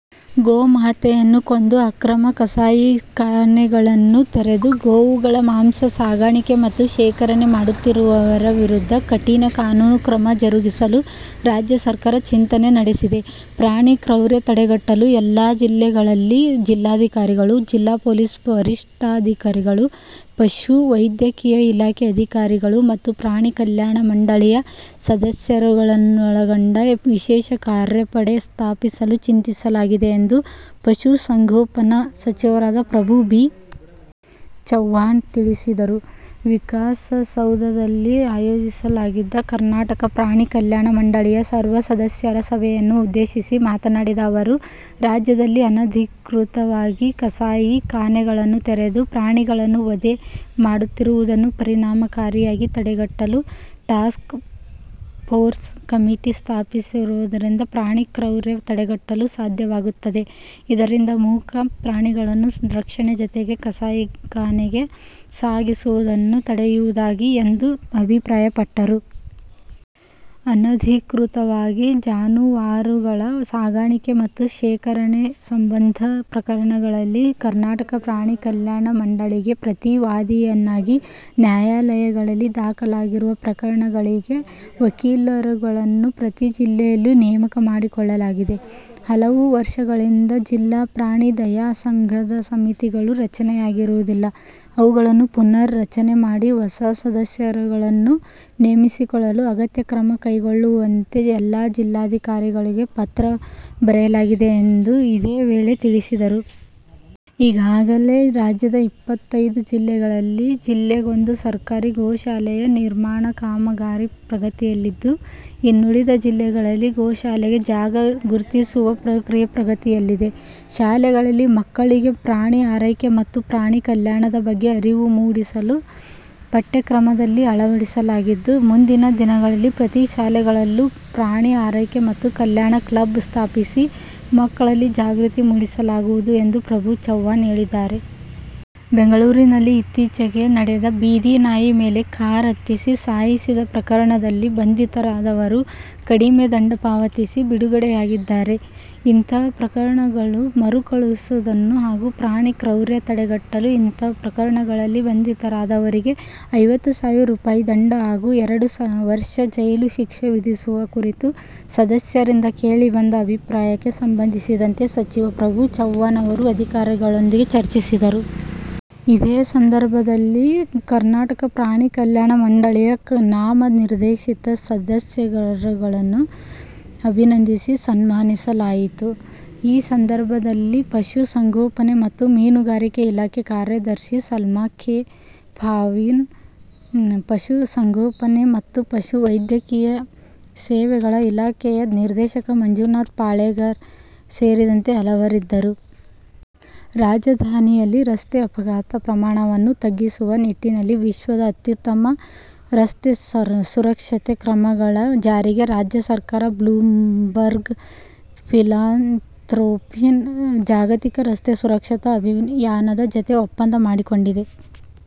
ಗೋಮಾತೆಯನ್ನು ಕೊಂದು ಅಕ್ರಮ ಕಸಾಯಿಖಾನೆಗಳನ್ನು ತೆರೆದು ಗೋವುಗಳ ಮಾಂಸ ಸಾಗಾಣಿಕೆ ಮತ್ತು ಶೇಖರಣೆ ಮಾಡುತ್ತಿರುವವರ ವಿರುದ್ಧ ಕಠಿಣ ಕಾನೂನು ಕ್ರಮ ಜರುಗಿಸಲು ರಾಜ್ಯ ಸರ್ಕಾರ ಚಿಂತನೆ ನಡೆಸಿದೆ. ಪ್ರಾಣಿ ಕ್ರೌರ್ಯ ತಡೆಗಟ್ಟಲು ಎಲ್ಲಾ ಜಿಲ್ಲೆಗಳಲ್ಲಿ ಜಿಲ್ಲಾಧಿಕಾರಿಗಳು, ಜಿಲ್ಲಾ ಪೊಲೀಸ್ ವರಿಷ್ಠಾಧಿಕಾರಿಗಳು, ಪಶು ವೈದ್ಯಕೀಯ ಇಲಾಖೆ ಅಧಿಕಾರಿಗಳು ಮತ್ತು ಪ್ರಾಣಿ ಕಲ್ಯಾಣ ಮಂಡಳಿಯ ಸದಸ್ಯರುಗಳನ್ನೊಳಗೊಂಡ ವಿಶೇಷ ಕಾರ್ಯಪಡೆ ಸ್ಥಾಪಿಸಲು ಚಿಂತಿಸಲಾಗಿದೆ ಎಂದು ಪಶು ಸಂಗೋಪನಾ ಸಚಿವರಾದ ಪ್ರಭು ಬಿ. ಚವ್ಹಾಣ್ ತಿಳಿಸಿದರು. ವಿಕಾಸಸೌಧದಲ್ಲಿ ಆಯೋಜಿಸಲಾಗಿದ್ದ ಕರ್ನಾಟಕ ಪ್ರಾಣಿ ಕಲ್ಯಾಣ ಮಂಡಳಿಯ ಸರ್ವ ಸದಸ್ಯರ ಸಭೆಯನ್ನು ಉದ್ದೇಶಿಸಿ ಮಾತನಾಡಿದ ಅವರು, ರಾಜ್ಯದಲ್ಲಿ ಅನಧಿಕೃತವಾಗಿ ಕಸಾಯಿ ಖಾನೆಗಳನ್ನು ತೆರೆದು ಪ್ರಾಣಿಗಳನ್ನು ವಧೆ ಮಾಡುತ್ತಿರುವುದನ್ನು ಪರಿಣಾಮಕಾರಿಯಾಗಿ ತಡೆಗಟ್ಟಲು ಟಾಸ್ಕ್ ಪೋರ್ಸ್ ಕಮಿಟಿ ಸ್ಥಾಪಿಸುವುದರಿಂದ ಪ್ರಾಣಿ ಕ್ರೌರ್ಯ ತಡೆಗಟ್ಟಲು ಸಾಧ್ಯವಾಗುತ್ತದೆ. ಇದರಿಂದ ಮೂಕ ಪ್ರಾಣಿಗಳನ್ನು ರಕ್ಷಣೆ ಜತೆಗೆ ಕಸಾಯಿಖಾನೆಗೆ ಸಾಗಿಸುವುದನ್ನು ತಡೆಯುವುದಾಗಿದೆ ಎಂದು ಅಭಿಪ್ರಾಯಪಟ್ಟರು. ಅನಧಿಕೃತವಾಗಿ ಜಾನುವಾರುಗಳ ಸಾಗಾಣಿಕೆ ಮತ್ತು ಶೇಖರಣೆ ಸಂಬಂಧ ಪ್ರಕರಣಗಳಲ್ಲಿ ಕರ್ನಾಟಕ ಪ್ರಾಣಿ ಕಲ್ಯಾಣ ಮಂಡಳಿಗೆ ಪ್ರತಿ ವಾದಿಯನ್ನಾಗಿ ನ್ಯಾಯಲಯಗಳಲ್ಲಿ ದಾಖಲಾಗಿರುವ ಪ್ರಕರಣಗಳಿಗೆ ವಕೀಲರುಗಳನ್ನು ಪ್ರತಿ ಜಿಲ್ಲೆಯಲ್ಲೂ ನೇಮಕ ಮಾಡಿಕೊಳ್ಳಲಾಗಿದೆ. ಹಲವು ವರ್ಷಗಳಿಂದ ಜಿಲ್ಲಾ ಪ್ರಾಣಿ ದಯಾ ಸಂಘದ ಸಮಿತಿಗಳು ರಚನೆಯಾಗಿರುವುದಿಲ್ಲ. ಅವುಗಳನ್ನು ಪುನರ್ ರಚನೆ ಮಾಡಿ ಹೊಸ ಸದಸ್ಯರುಗಳನ್ನು ನೇಮಿಸಿಕೊಳ್ಳಲು ಅಗತ್ಯ ಕ್ರಮ ಕೈಗೊಳ್ಳುವಂತೆ ಎಲ್ಲಾ ಜಿಲ್ಲಾಧಿಕಾರಿಗಳಿಗೆ ಪತ್ರ ಬರೆಯಲಾಗಿದೆ ಎಂದು ಇದೇ ವೇಳೆ ತಿಳಿಸಿದರು. ಈಗಾಗಲೇ ರಾಜ್ಯದ ಇಪ್ಪತೈದು ಜಿಲ್ಲೆಗಳಲ್ಲಿ ಜಿಲ್ಲೆಗೊಂದು ಸರ್ಕಾರಿ ಗೋಶಾಲೆಯ ನಿರ್ಮಾಣ ಕಾಮಗಾರಿ ಪ್ರಗತಿಯಲ್ಲಿದ್ದು, ಇನ್ನೂಳಿದ ಜಿಲ್ಲೆಗಳಲ್ಲಿ ಗೋಶಾಲೆಗೆ ಜಾಗ ಗುರ್ತಿಸುವ ಪ್ರಕ್ರಿಯೆ ಪ್ರಗತಿಯಲ್ಲಿದೆ. ಶಾಲೆಗಳಲ್ಲಿ ಮಕ್ಕಳಿಗೆ ಪ್ರಾಣಿ ಆರೈಕೆ ಮತ್ತು ಪ್ರಾಣಿ ಕಲ್ಯಾಣದ ಬಗ್ಗೆ ಅರಿವು ಮೂಡಿಸಲು ಪಠ್ಯಕ್ರಮದಲ್ಲಿ ಅಳವಡಿಸಲಾಗಿದ್ದು, ಮುಂದಿನ ದಿನಗಳಲ್ಲಿ ಪ್ರತಿ ಶಾಲೆಗಳಲ್ಲೂ ಪ್ರಾಣಿ ಆರೈಕೆ ಮತ್ತು ಕಲ್ಯಾಣ ಕ್ಲಬ್ ಸ್ಥಾಪಿಸಿ, ಮಕ್ಕಳಲ್ಲಿ ಜಾಗೃತಿ ಮೂಡಿಸಲಾಗುವುದು ಎಂದು ಪ್ರಭು ಚವ್ಹಾಣ್ ಹೇಳಿದರು. ಬೆಂಗಳೂರಿನಲ್ಲಿ ಇತ್ತಿಚೆಗೆ ನಡೆದ ಬೀದಿ ನಾಯಿ ಮೇಲೆ ಕಾರ್ ಹತ್ತಿಸಿ ಸಾಯಿಸಿದ ಪ್ರಕರಣದಲ್ಲಿ ಬಂಧಿತರಾದವರು ಕಡಿಮೆ ದಂಡ ಪಾವತಿಸಿ, ಬಿಡುಗಡೆಯಾಗಿದ್ದಾರೆ. ಇಂತಹ ಪ್ರಕರಣಗಳು ಮರುಕಳುಹಿಸುವುದನ್ನು ಹಾಗೂ ಪ್ರಾಣಿ ಕ್ರೌರ್ಯ ತಡೆಗಟ್ಟಲು ಇಂತಹ ಪ್ರಕರಣಗಳಲ್ಲಿ ಬಂಧಿತರಾದವರಿಗೆ ಐವತ್ತು ಸಾವಿರ ರುಪಾಯಿ ದಂಡ ಹಾಗೂ ಎರಡು ವರ್ಷ ಜೈಲು ಶಿಕ್ಷೆ ವಿಧಿಸುವ ಕುರಿತು ಸದಸ್ಯರಿಂದ ಕೇಳಿ ಬಂದ ಅಭಿಪ್ರಾಯಕ್ಕೆ ಸಂಬಂಧಿಸಿದಂತೆ ಸಚಿವ ಪ್ರಭು ಚವ್ಹಾಣ್ ಅವರು ಅಧಿಕಾರಿಗಳೊಂದಿಗೆ ಚರ್ಚಿಸಿದರು. ಇದೇ ಸಂದರ್ಭದಲ್ಲಿ ಕರ್ನಾಟಕ ಪ್ರಾಣಿ ಕಲ್ಯಾಣ ಮಂಡಳಿಯ ನಾಮನಿರ್ದೇಶಿತ ಸದಸ್ಯರುಗಳನ್ನು ಅಭಿನಂದಿಸಿ, ಸನ್ಮಾನಿಸಲಾಯಿತು. ಈ ಸಂದರ್ಭದಲ್ಲಿ ಪಶು ಸಂಗೋಪನೆ ಮತ್ತು ಮೀನುಗಾರಿಕೆ ಇಲಾಖೆ ಕಾರ್ಯದರ್ಶಿ ಸಲ್ಮಾ ಕೆ. ಫಾಹೀಮ್, ಪಶು ಸಂಗೋಪನೆ ಮತ್ತು ಪಶು ವೈದ್ಯಕೀಯ ಸೇವೆಗಳ ಇಲಾಖೆಯ ನಿರ್ದೇಶಕ ಮಂಜುನಾಥ್ ಪಾಳೆಗಾರ್ ಸೇರಿದಂತೆ ಹಲವರಿದ್ದರು. ರಾಜಧಾನಿಯಲ್ಲಿ ರಸ್ತೆ ಅಪಘಾತ ಪ್ರಮಾಣವನ್ನು ತಗ್ಗಿಸುವ ನಿಟ್ಟಿನಲ್ಲಿ ವಿಶ್ವದ ಅತ್ಯುತ್ತಮ ರಸ್ತೆ ಸುರಕ್ಷತೆ ಕ್ರಮಗಳ ಜಾರಿಗೆ ರಾಜ್ಯ ಸರ್ಕಾರ 'ಬ್ಲೂಮ್ಬರ್ಗ್ ಫಿಲಾಂತ್ರೊಫಿನ್ ಜಾಗತಿಕ ರಸ್ತೆ ಸುರಕ್ಷತಾ ಅಭಿಯಾನದ ಜತೆ ಒಪ್ಪಂದ ಮಾಡಿಕೊಂಡಿದೆ.